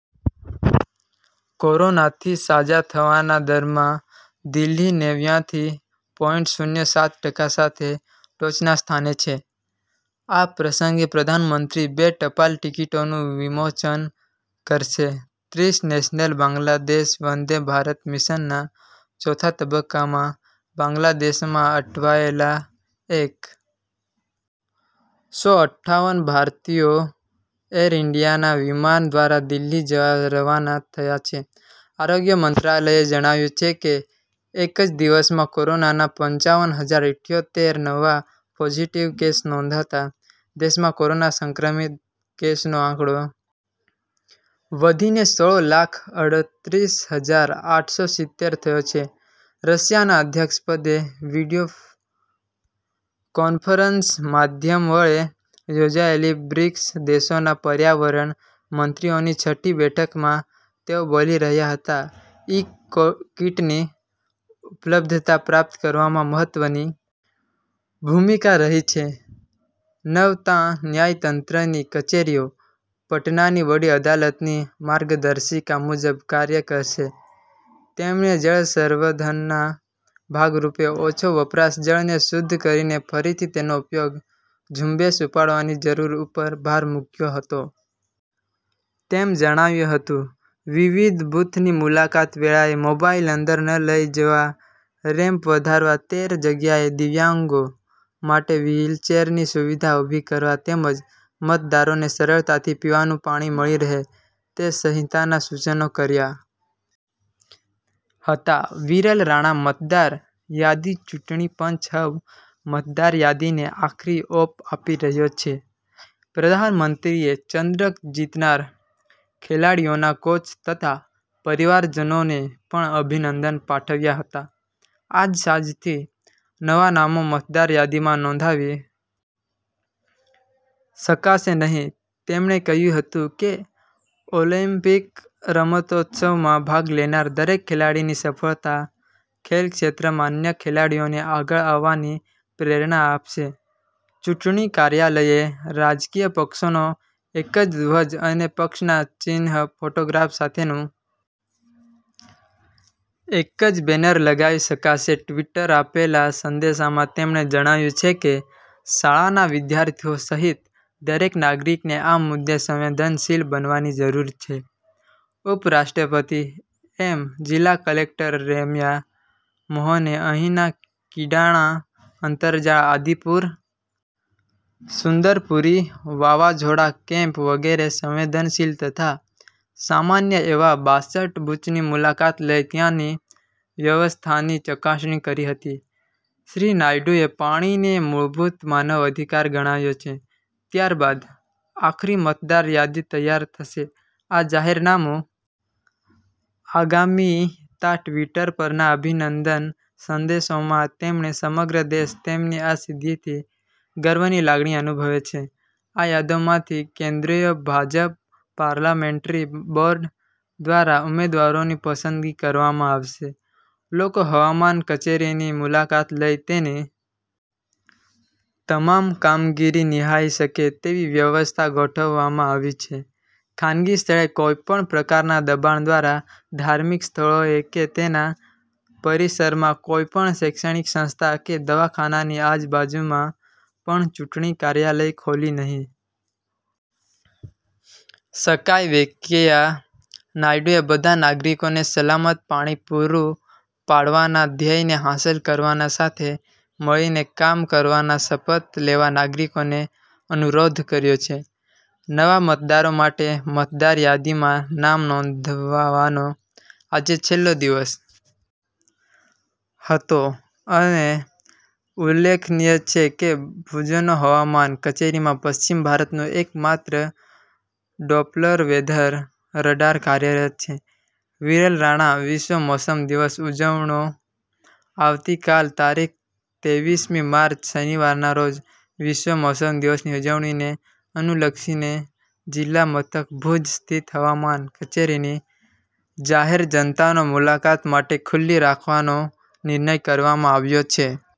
કોરોનાથી સાજા થવાના દરમાં દિલ્હી નેવ્યાંથી પોઈન્ટ શૂન્ય સાત ટકા સાથે ટોચનાં સ્થાને છે આ પ્રસંગે પ્રધાનમંત્રી બે ટપાલ ટિકિટોનું વિમોચન કરશે ત્રીસ નેશનલ બાંગ્લાદેશ વંદે ભારત મિશનના ચોથા તબક્કામાં બાંગ્લાદેશમાં અટવાયેલા એક સો અઠ્ઠાવન ભારતીયો એર ઈન્ડિયાના વિમાન દ્વારા દિલ્હી જવા રવાના થયા છે આરોગ્ય મંત્રાલયે જણાવ્યું છે કે એક જ દિવસમાં કોરોનાના પંચાવન હજાર ઇઠ્યોતેર નવા પોઝીટીવ કેસ નોંધાતા દેશમાં કોરોના સંક્રમિત કેસનો આંકડો વધીને સોળ લાખ અડત્રીસ હજાર આઠ સો સિત્તેર થયો છે રશિયાના અધ્યક્ષ પદે વીડિયો કોન્ફરન્સ માધ્યમવળે યોજાયેલી બ્રિક્સ દેશોના પર્યાવરણ મંત્રીઓની છઠ્ઠી બેઠકમાં તેઓ બોલી રહ્યા હતા ઈ કીટની ઉપલબ્ધતા પ્રાપ્ત કરવામાં મહત્વની ભૂમિકા રહી છે નવ તા ન્યાયતંત્રની કચેરીઓ પટનાની વડી અદાલતની માર્ગદર્શિકા મુજબ કાર્ય કરશે તેમણે જળ સંર્વધનના ભાગરૂપે ઓછો વપરાશ જળને શુદ્ધ કરીને ફરીથી તેનો ઉપયોગ ઝુંબેશ ઉપાડવાની જરૂર ઉપર ભાર મુક્યો હતો તેમ જણાવ્યું હતું વિવિધ બૂથની મુલાકાત વેળાએ મોબાઇલ અંદર ન લઇ જવા રેમ્પ વધારવા તેર જગ્યાએ દિવ્યાંગો માટે વ્હીલચેરની સુવિધા ઊભી કરવા તેમજ મતદારોને સરળતાથી પીવાનું પાણી મળી રહે તે સહિતનાં સૂચનો કર્યા હતાં વિરલ રાણા મતદાર યાદી ચુટણી પંચ હવ મતદાર યાદીને આખરી ઓપ આપી રહ્યો છે પ્રધાનમંત્રીએ ચંદ્રક જીતનાર ખેલાડીઓના કોચ તથા પરિવારજનોને પણ અભિનંદન પાઠવ્યા હતા આજ સાજથી નવા નામો મતદાર યાદીમાં નોંધાવી શકાશે નહીં તેમણે કહ્યું હતું કે ઓલિમ્પિક રમતોત્સવમાં ભાગ લેનાર દરેક ખેલાડીની સફળતા ખેલ ક્ષેત્રમાં અન્ય ખેલાડીઓને આગળ આવવાની પ્રેરણા આપશે ચૂંટણી કાર્યાલયે રાજકીય પક્ષનો એક જ ધ્વજ અને પક્ષના ચિન્હ ફોટોગ્રાફ સાથેનું એક જ બેનર લગાવી શકાશે ટ્વીટર આપેલા સંદેશામાં તેમણે જણાવ્યું છે કે શાળાના વિદ્યાર્થીઓ સહિત દરેક નાગરિકને આ મુદ્દે સંવેદનશીલ બનાવવાની જરૂર છે ઉપરાષ્ટ્રપતિ એમ જિલ્લા કલેક્ટર રેમ્યા મોહને અહીંના કિડાણા અંતરજાળ આદિપુર સુંદરપુરી વાવાઝોડા કેમ્પ વગેરે સંવેદનશીલ તથા સામાન્ય એવા બાસઠ બૂથની મુલાકાત લઇ ત્યાંની વ્યવસ્થાની ચકાસણી કરી હતી શ્રી નાયડુએ પાણીને મૂળભૂત માનવ અધિકાર ગણાવ્યો છે ત્યારબાદ આખરી મતદાર યાદી તૈયાર થશે આ જાહેરનામુ આગામી તા ટ્વીટર પરના અભિનંદન સંદેશોમાં તેમણે સમગ્ર દેશ તેમની આ સિદ્ધિથી ગર્વની લાગણી અનુભવે છે આ યાદોમાંથી કેન્દ્રોય ભાજપ પાર્લામેન્ટ્રી બોર્ડ દવારા ઉમેદવારોની પસંદગી કરવામાં આવશે લોકો હવામાન કચેરીની મુલાકાત લઈ તેની તમામ કામગીરી નિહાળી શકે તેવી વ્યવસ્થા ગોઠવવામાં આવી છે ખાનગી સ્થળે કોઈ પણ પ્રકારના દબાણ દ્વારા ધાર્મિક સ્થળોએ કે તેના પરીસરમાં કોઈપણ શૈક્ષણિક સંસ્થા કે દવાખાનાની આજ બાજુમાં પણ ચૂંટણી કાર્યાલય ખોલી નહીં શકાય વેકેયા નાયડુએ બધા નાગરિકોને સલામત પાણી પૂરું પાડવાના ધ્યેયને હાંસલ કરવા સાથે મળીને કામ કરવાના શપથ લેવા નાગરિકોને અનુરોધ કર્યો છે નવા મતદારો માટે મતદાર યાદી માં નામ નોંધાવવાનો આજે છેલ્લો દિવસ હતો અત્રે ઉલ્લેખનીય છે કે ભુજનો હવામાન કચેરીમાં પશ્ચિમ ભારતનું એક માત્ર ડોપલર વેધર રડાર કાર્યરત છે વિરલ રાણા વિશ્વ મોસમ દિવસ ઉજવણો આવતીકાલ તારીખ તેવીસ મી માર્ચ શનિવારના રોજ વિશ્વ મોસમ દિવસની ઉજવણીને અનુલક્ષી ને જિલ્લા મથક ભુજ સ્થિત હવામાન કચેરીને જાહેર જનતાનો મુલાકાત માટે ખુલ્લી રાખવાનો નિર્ણય કરવામાં આવ્યો છે।